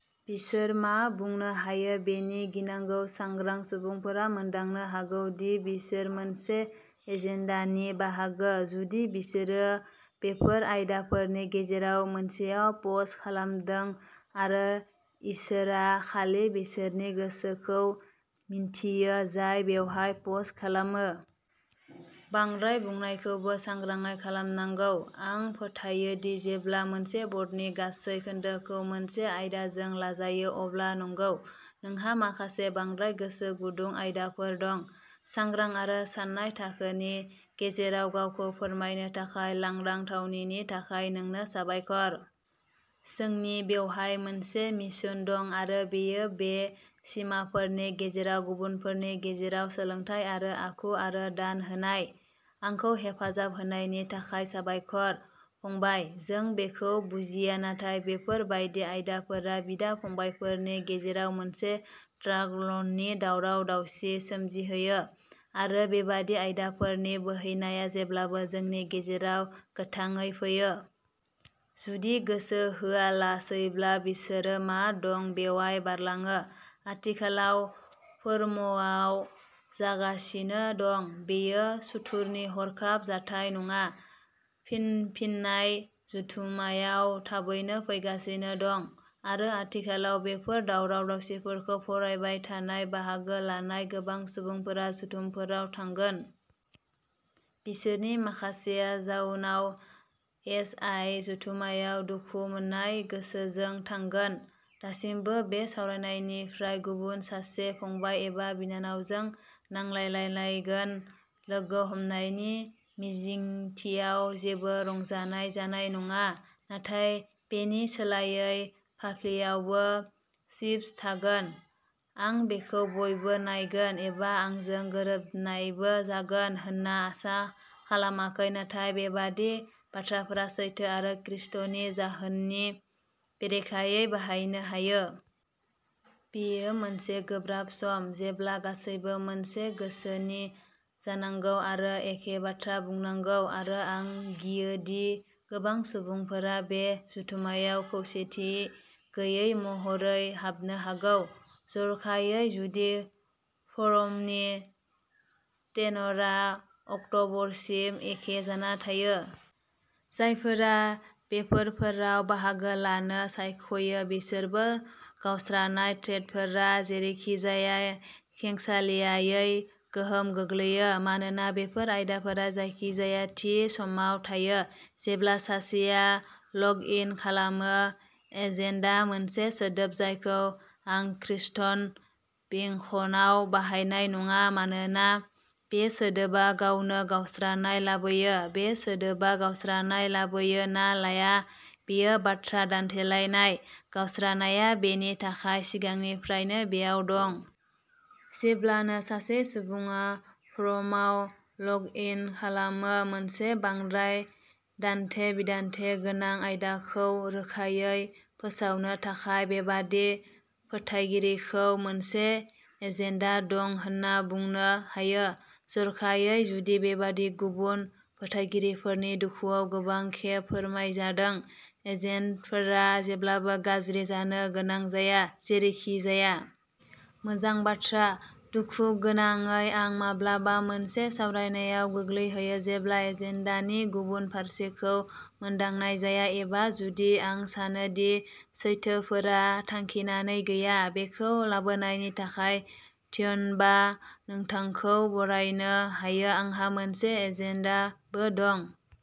बिसोर मा बुंनो हायो बेनि गिनांगौ, सांग्रां सुबुंफोरा मोनदांनो हागौ दि बिसोर मोनसे "एजेन्डा" नि बाहागो, जुदि बिसोरो बेफोर आयदाफोरनि गेजेराव मोनसेयाव पस्ट खालामदों आरो इसोरआ खालि बिसोरनि गोसोखौ मिन्थियो जाय बेवहाय पस्ट खालामो। "बांद्राय" बुंनायखौबो सांग्राङै खालामनांगौ। आं फोथायो दि जेब्ला मोनसे बर्डनि गासै खोन्दोखौ मोनसे आयदाजों लाजायो-अब्ला नंगौ, नोंहा माखासे बांद्राय-गोसो गुदुं आयदाफोर दं। सांग्रां आरो सान्नाय थाखोनि गेजेराव गावखौ फोरमायनो थाखाय लांदां थावनिनि थाखाय नोंनो साबायखर। जोंनि बेवहाय मोनसे मिशन दं आरो बेयो बे सिमाफोरनि गेजेराव गुबुनफोरनि गेजेराव सोलोंथाय आरो आखु आरो दान होनाय। आंखौ हेफाजाब होनायनि थाखाय साबायखर, फंबाय। जों बेखौ बुजिया, नाथाय बेफोर बायदि आयदाफोरा बिदा-फंबायफोरनि गेजेराव मोनसे ट्र'क ल'डनि दावराव-दावसि सोमजिहोयो, आरो बेबादि आयदाफोरनि बोहैनाया जेब्लाबो जोंनि गेजेराव गोथाङै फैयो। जुदि गोसो होआलासैब्ला, बिसोरो मा दं बेवाय बारलाङो। आथिखालाव फोरमआव जागासिनो दं। बेयो सुथुरनि हरखाब जाथाय नङा। फिनफिननाय जथुम्मायाव थाबैनो फैगासिनो दं, आरो आथिखालाव बेफोर दावराव-दावसिफोरखौ फरायबाय थानाय/बाहागो लानाय गोबां सुबुंफोरा जथुमफोराव थांगोन। बिसोरनि माखासेया जाउनाव एस. आइ. जथुम्मायाव दुखु मोननाय गोसोजों थांगोन, दासिमबो बे सावरायनायनिफ्राय गुबुन सासे फंबाय एबा बिनानावजों नांलायलायलायगोन। लोगो हमनायनि मिजिंथियाव जेबो रंजानाय जानाय नङा, नाथाय बेनि सोलायै फाफ्लियावबो चिप्स थागोन। आं बेखौ बयबो नायगोन, एबा आंजों गोरोबनायबो जागोन होनना आसा खालामाखै, नाथाय बेबादि बाथ्राफोरा सैथो आरो खृष्टनि जाहोननि बेरेखायै बाहायनो हायो। बेयो मोनसे गोब्राब सम जेब्ला गासैबो "मोनसे गोसो" नि जानांगौ आरो "एखे बाथ्रा बुंनांगौ" आरो आं गियो दि गोबां सुबुंफोरा बे जथुम्मायाव खौसेथि गैयै महरै हाबनो हागौ... जर'खायै जुदि फोरमनि टेनरआ अक्टबरसिम एखे जाना थायो। जायफोरा बेफोरफोराव बाहागो लानो सायख'यो बिसोरबो। गावस्रानाय थ्रेडफोरा जेरैखिजाया खेंसालियायै गोहोम गोग्लैयो, मानोना बेफोर आयदाफोरा जायखिजाया थि समाव थायो, जेब्ला सासेया लग इन खालामो। "एजेन्डा" मोनसे सोदोब जायखौ आं खृष्टान बेंखनआव बाहायनाय नङा, मानोना बे सोदोबा गावनो "गावस्रानाय" लाबोयो, बे सोदोबा गावस्रानाय लाबोयो ना लाया, बेयो बाथ्रा दान्थेलायनाय; गावस्रानायआ बेनि थाखाय सिगांनिफ्रायनो बेयाव दं। जेब्लानो सासे सुबुङा फोरमआव लग इन खालामो मोनसे बांद्राय दान्थे-बिदान्थे गोनां आयदाखौ रोखायै फोसावनो थाखाय, बेबादि फोथायगिरिखौ मोनसे "एजेन्डा" दं होनना बुंनो हायो-- जर'खायै जुदि बेबादि गुबुन फोथायगिरिफोरनि दुखुआव गोबां खेब फोरमायजादों। एजेन्डाफोरा जेब्लाबो गाज्रि जानो गोनां जाया, जेरैखिजाया। मोजां बाथ्रा! दुखुगोनाङै, आं माब्लाबा मोनसे सावरायनायाव गोग्लैहैयो जेब्ला एजेन्डानि "गुबुन फारसे" खौ मोनदांनाय जाया, एबा जुदि आं सानो दि सैथोफोरा थांखिनानै गैया। बेखौ लाबोनायनि थाखाय ध्यनबा! नोंथांखौ बरायनो हायो। आंहा मोनसे "एजेन्डा" बो दं।